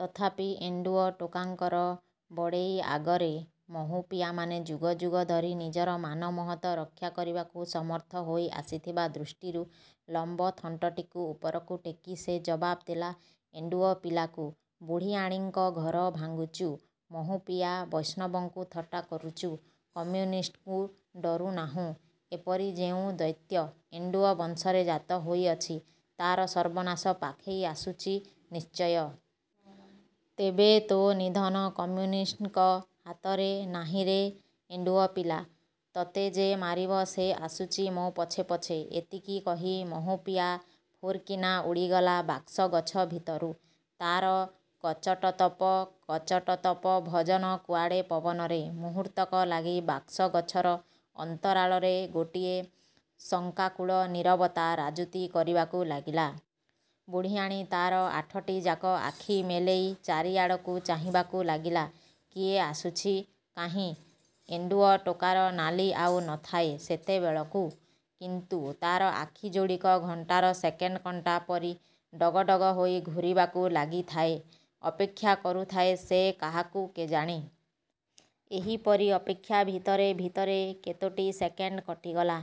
ତଥାପି ଏଣ୍ଡୁଅ ଟୋକାଙ୍କର ବଡ଼େଇ ଆଗରେ ମହୁପିଆମାନେ ଯୁଗ ଯୁଗ ଧରି ନିଜର ମାନ ମହତ ରକ୍ଷା କରିବାକୁ ସମର୍ଥ ହୋଇ ଆସିଥିବା ଦୃଷ୍ଟିରୁ ଲମ୍ବ ଥଣ୍ଟଟିକୁ ଉପରକୁ ଟେକି ସେ ଜବାବ୍ ଦେଲା ଏଣ୍ଡୁଅ ପିଲାକୁ- "ବୁଢ଼ିଆଣୀଙ୍କ ଘର ଭାଙ୍ଗୁଚୁ, ମହୁପିଆ ବୈଷ୍ଣବଙ୍କୁ ଥଟ୍ଟା କରୁଚୁ, କମ୍ୟୁନିଷ୍ଟଙ୍କୁ ଡରୁନାହୁଁ ଏପରି ଯେଉଁ ଦୈତ୍ୟ ଏଣ୍ଡୁଅ ବଂଶରେ ଜାତ ହୋଇଅଛି ତାର ସର୍ବନାଶ ପାଖେଇ ଆସୁଚି ନିଶ୍ଚୟ-। ତେବେ ତୋ ନିଧନ କମ୍ୟୁନିଷ୍ଟଙ୍କ ହାତରେ ନାହିଁରେ ଏଣ୍ଡୁଅ ପିଲା। ତତେ ଯେ ମାରିବ ସେ ଆସୁଚି ମୋ ପଛେ ପଛେ। " ଏତିକି କହି ମହୁପିଆ ଫୁରର୍କିନା ଉଡ଼ିଗଲା ବାକ୍ସ ଗଛ ଭିତରୁ। ତାର କଚଟତପ, କଚଟତପ ଭଜନ କୁଆଡ଼େ ପବନରେ। ମୁହୂର୍ତ୍ତକ ଲାଗି ବାକ୍ସଗଛର ଅନ୍ତରାଳରେ ଗୋଟିଏ ଶଙ୍କାକୁଳ ନୀରବତା ରାଜୁତି କରିବାକୁ ଲାଗିଲା। ବୁଢ଼ିଆଣୀ ତାର ଆଠଟି ଯାକ ଆଖି ମେଲେଇ ଚାରିଆଡ଼କୁ ଚାହିଁବାକୁ ଲାଗିଲା ''କିଏ ଆସୁଛି? କାହିଁ? " ଏଣ୍ଡୁଅ ଟୋକାର ନାଲି ଆଉ ନ ଥାଏ ସେତେବଳକୁ। କିନ୍ତୁ ତାର ଆଖି ଯୋଡ଼ିକ ଘଣ୍ଟାର ସେକେଣ୍ଡ୍ କଣ୍ଟା ପରି ଡଗଡ଼ଗ ହୋଇ ଘୂରିବାକୁ ଲାଗିଥାଏ। ଅପେକ୍ଷା କରୁଥାଏ ସେ-କାହାକୁ କେଜାଣି! ଏହିପରି ଅପେକ୍ଷା ଭିତରେ ଭିତରେ କେତୋଟି ସେକେଣ୍ଡ କଟିଗଲା।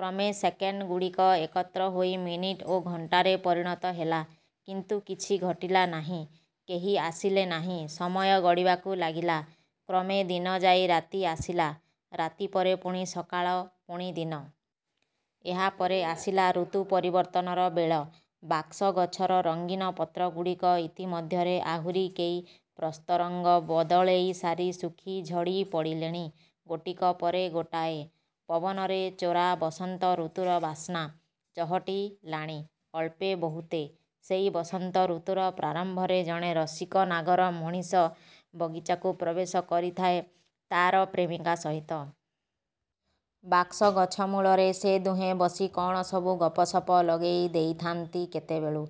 କ୍ରମେ ସେକେଣ୍ଡ ଗୁଡ଼ିକ ଏକତ୍ର ହୋଇ ମିନିଟ୍ ଓ ଘଣ୍ଟାରେ ପରିଣତ ହେଲା। କିନ୍ତୁ କିଛି ଘଟିଲା ନାହିଁ। କେହି ଆସିଲେ ନାହିଁ। ସମୟ ଗଡ଼ିବାକୁ ଲାଗିଲା। କ୍ରମେ ଦିନ ଯାଇ ରାତି ଆସିଲା। ରାତି ପରେ ପୁଣି ସକାଳ, ପୁଣି ଦିନ। ଏହାପରେ ଆସିଲା ଋତୁ ପରିବର୍ତ୍ତନର ବେଳ। ବାକ୍ସ ଗଛର ରଙ୍ଗୀନ ପତ୍ର ଗୁଡ଼ିକ ଇତିମଧ୍ୟରେ ଆହୁରି କେଇ ପ୍ରସ୍ତ ରଙ୍ଗ ବଦଳେଇସାରି ଶୁଖି ଝଡ଼ି ପଡ଼ିଲେଣି ଗୋଟିକ ପରେ ଗୋଟିଏ। ପବନରେ ଚୋରା ବସନ୍ତ ଋତୁର ବାସ୍ନା ଚହଟିଲାଣି ଅଳ୍ପେ ବହୁତେ। ସେଇ ବସନ୍ତ ଋତୁର ପ୍ରାରମ୍ଭରେ ଜଣେ ରସିକ ନାଗର ମଣିଷ ବଗିଚାକୁ ପ୍ରବେଶ କରିଥାଏ ତାର ପ୍ରେମିକା ସହିତ। ବାକ୍ସ ଗଛ ମୂଳରେ ସେ ଦୁହେଁ ବସି କଣ ସବୁ ଗପସପ ଲଗେଇ ଦେଇଥାନ୍ତି କେତେବେଳୁ।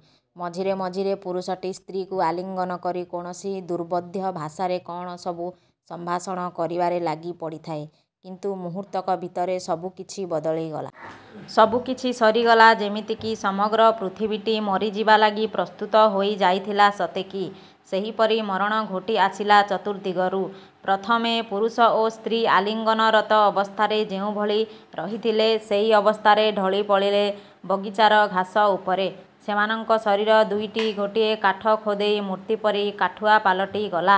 ମଝିରେ ମଝିରେ ପୁରୁଷଟି ସ୍ତ୍ରୀକୁ ଆଲିଙ୍ଗନ କରି କୌଣସି ଦୂର୍ବୋଧ୍ୟ ଭାଷାରେ କଣ ସବୁ ସମ୍ଭାଷଣ କରିବାରେ ଲାଗି ପଡ଼ିଥାଏ। କିନ୍ତୁ ମୁହୂର୍ତ୍ତକ ଭିତରେ ସବୁ କିଛି ବଦଳିଗଲା। ସବୁ କିଛି ସରିଗଲା ଯେମିତିକି। ସମଗ୍ର ପୃଥିବୀଟି ମରିଯିବା ଲାଗି ପ୍ରସ୍ତୁତ ହୋଇ ଯାଇଥିଲା ସତେକି। ସେହିପରି ମରଣ ଘୋଟି ଆସିଲା ଚତୁର୍ଦ୍ଦିଗରୁ। ପ୍ରଥମେ ପୁରୁଷ ଓ ସ୍ତ୍ରୀ ଆଲିଙ୍ଗନରତ ଅବସ୍ଥାରେ ଯେଉଁଭଳି ରହିଥିଲେ ସେଇ ଅବସ୍ଥାରେ ଢଳି ପଡ଼ିଲେ ବଗିଚାର ଘାସ ଉପରେ। ସେମାନଙ୍କ ଶରୀର ଦୁଇଟି ଗୋଟିଏ କାଠ ଖୋଦେଇ ମୂର୍ତ୍ତି ପରି କାଠୁଆ ପାଲଟିଗଲା।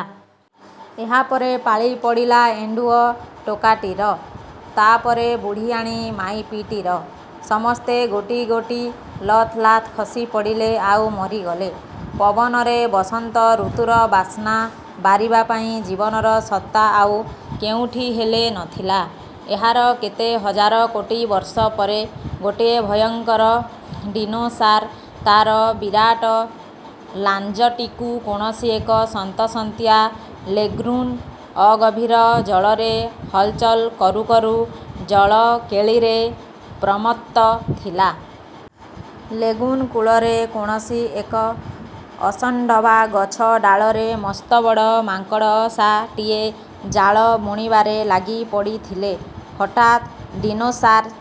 ଏହାପରେ ପାଳି ପଡ଼ିଲା ଏଣ୍ଡୁଅ ଟୋକାଟିର। ତାପରେ ବୁଢ଼ିଆଣୀ ମାଇପିଟିର। ସମସ୍ତେ ଗୋଟି ଗୋଟି ଲଥ୍ ଲାଥ୍ ଖସି ପଡ଼ିଲେ ଆଉ ମରିଗଲେ। ପବନରେ ବସନ୍ତ ଋତୁର ବାସ୍ନା ବାରିବା ପାଇଁ ଜୀବନର ସତ୍ତା ଆଉ କେଉଁଠି ହେଲେ ନଥିଲା। ଏହାର କେତେ ହଜାର କୋଟି ବର୍ଷ ପରେ ଗୋଟିଏ ଭୟଙ୍କର ଡିନୋସାର୍ ତାର ବିରାଟ ଲାଞ୍ଜଟିକୁ କୌଣସି ଏକ ସନ୍ତସନ୍ତିଆ ଲେଗୁନ୍ର ଅଗଭୀର ଜଳରେ ହଲ୍ଚଲ୍ କରୁ କରୁ ଜଳକେଳିରେ ପ୍ରମତ୍ତ ଥିଲା। ଲେଗୁନ୍ କୂଳରେ କୌଣସି ଏକ ଅଷଣ୍ଢବା ଗଛ ଡାଳରେ ମସ୍ତବଡ଼ ମାଙ୍କଡ଼ସାଟିଏ ଜାଲ ବୁଣିବାରେ ଲାଗି ପଡ଼ିଥିଲେ। ହଠାତ୍ ଡିନୋସାର୍ର